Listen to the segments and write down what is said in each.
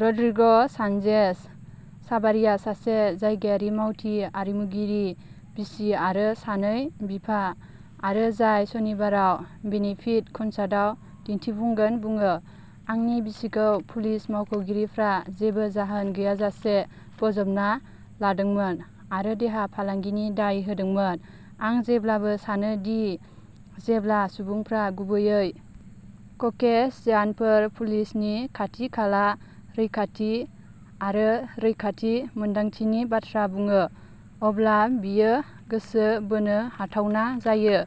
रड्रिग'सानचेज-चाभार्रिया, सासे जायगायारि मावथि, आरिमुगिरि, बिसि आरो सानै बिफा, आरो जाय सनिबाराव बेनिफिट कनसार्टआव दिन्थिफुंगोन, बुङो। "आंनि बिसिखौ पुलिस मावख'गिरिफ्रा जेबो जाहोन गैयाजासे बोजबना लादोंमोन आरो देहा फालांगिनि दाय होदोंमोन।" "आं जेब्लाबो सानो दि जेब्ला सुबुंफोरा-गुबैयै ककेसियानफोर-पुलिसनि खाथि-खाला रैखाथि आरो रैखाथि मोन्दांथिनि बाथ्रा बुङो, अब्ला बेयो गोसो बोनो हाथावना जायो",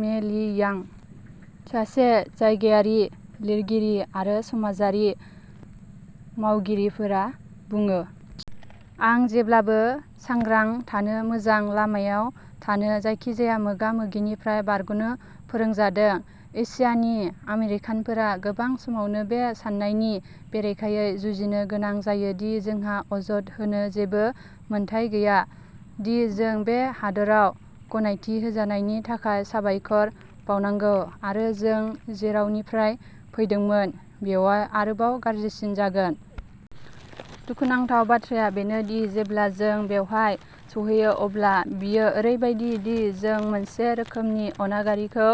मे ली-यां, सासे जायगायारि लिरगिरि आरो समाजारि मावगिरिफोरा बुङो। "आं जेब्लाबो सांग्रां थानो, मोजां लामायाव थानो, जायखिजाया मोगा-मोगिनिफ्राय बारग'नो फोरोंजादों।" एशियानि आमेरिकानफोरा गोबां समावनो बे साननायनि बेरेखायै जुजिनो गोनां जायो दि जोंहा अजद होनो जेबो मोन्थाइ गैया, दि जों बे हादोराव गनायथि होजानायनि थाखाय साबायखर बावनांगौ आरो जों जेरावनिफ्राय फैदोंमोन बेयाव आरोबाव गाज्रिसिन जागोन। "दुखुनांथाव बाथ्राया बेनो दि जेब्ला जों बेवहाय सौहैयो, अब्ला बेयो ओरैबायदि दि जों मोनसे रोखोमनि अनागारिखौ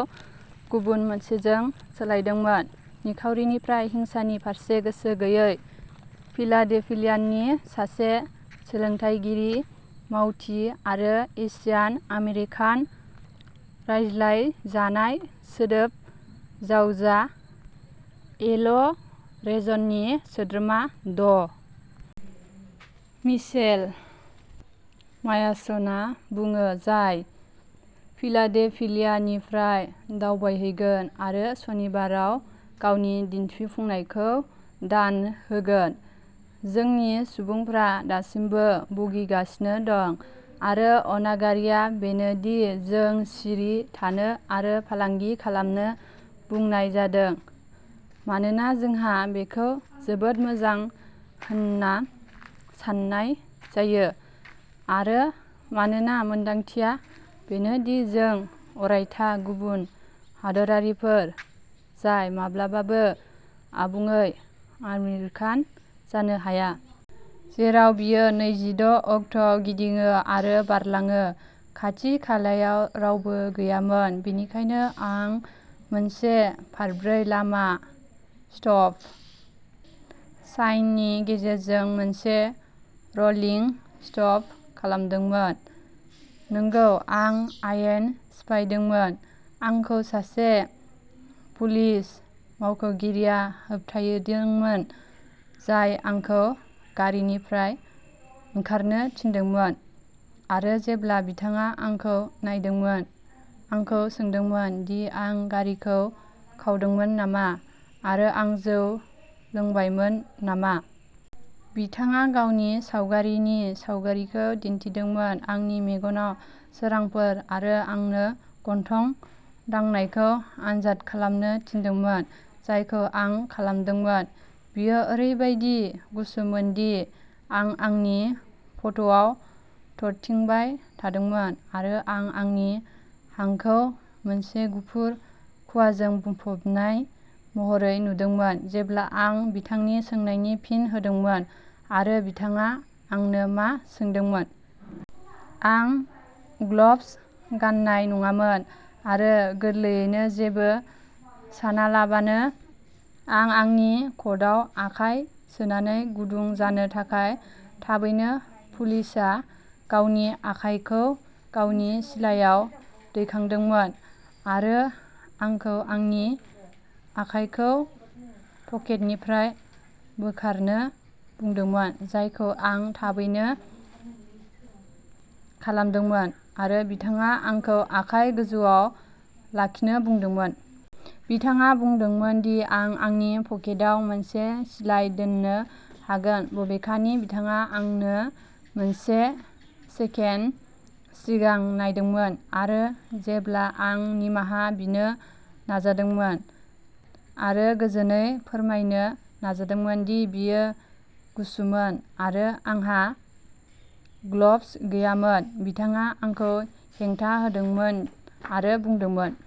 गुबुन मोनसेजों सोलायदोंमोन, निखावरिनिफ्राय। हिंसानि फारसे गोसो गैयै ", फिलाडेल्फियानि सासे सोलोंथायगिरि, मावथि, आरो एशियान आमेरिकान रायज्लायजानाय सोदोब जावजा येल'रेजनि सोद्रोमा ड. मिशेल मायासनआ बुङो, जाय फिलाडेल्फियानिफ्राय दावबायहैगोन आरो सनिबाराव गावनि दिन्थिफुंनायखौ दान होगोन।" जोंनि सुबुंफोरा दासिमबो भुगिगासिनो दं, आरो अनागारिआ बेनो दि जों'सिरि थानो आरो फालांगि खालामनो'बुंनाय जादों मानोना जोंहा बेखौ जोबोद मोजां होन्ना सान्नाय जायो आरो मानोना मोन्दांथिया बेनो दि जों अरायथा गुबुन हादोरारिफोर जाय माब्लाबाबो आबुङै आमेरिकान जानो हाया। "जेराव बेयो नैजि द'अक्ट'आव गिदिङो आरो बारलाङो। खाथि-खालायाव रावबो गैयामोन, बेनिखायनो आं मोनसे फारब्रै-लामा स्टप साइननि गेजेरजों मोनसे र'लिं स्टप खालामदोंमोन। नंगौ, आं आयेन सिफायदोंमोन। आंखौ सासे पुलिस मावख'गिरिया होबथायोदोंमोन, जाय आंखौ गारिनिफ्राय ओंखारनो थिनदोंमोन आरो, जेब्ला बिथाङा आंखौ नायदोंमोन, आंखौ सोंदोंमोन दि आं गारिखौ खावदोंमोन नामा, आरो आं जौ लोंबायमोन नामा। बिथाङा गावनि सावगारिनि सावगारिखौ दिन्थिदोंमोन। आंनि मेगनाव सोरांफोर आरो आंनो गन्थं-दांनायखौ आनजाद खालामनो थिनदोंमोन, जायखौ आं खालामदोंमोन। बेयो ओरैबायदि गुसुमोनदि आं आंनि कटआव थरथिंबाय थादोंमोन आरो आं आंनि हांखौ मोनसे गुफुर खुवाजों बुंफबनाय महरै नुदोंमोन जेब्ला आं बिथांनि सोंनायनि फिन होदोंमोन आरो बिथाङा आंनो मा सोंदोंमोन। आं ग्लब्स गान्नाय नङामोन, आरो गोरलैयैनो, जेबो सानालाबानो, आं आंनि कटआव आखाइ सोनानै गुदुं जानो थाखाय। थाबैनो पुलिसआ गावनि आखाइखौ गावनि सिलायाव दैखांदोंमोन आरो आंखौ आंनि आखाइखौ पकेटनिफ्राय बोखारनो बुंदोंमोन, जायखौ आं थाबैनो खालामदोंमोन, आरो बिथाङा आंखौ आखाइ गोजौआव लाखिनो बुंदोंमोन। बिथाङा बुंदोंमोन दि आं आंनि पकेटआव मोनसे सिलाइ दोननो हागोन, बबेखानि बिथाङा आंनो मोनसे सेकेन्ड सिगां नायदोंमोन, आरो जेब्ला आं निमाहा बिनो नाजादोंमोन आरो गोजोनै फोरमायनो नाजादोंमोन दि बेयो गुसुमोन आरो आंहा ग्लब्स गैयामोन, बिथाङा आंखौ हेंथा होदोंमोन आरो बुंदोंमोन।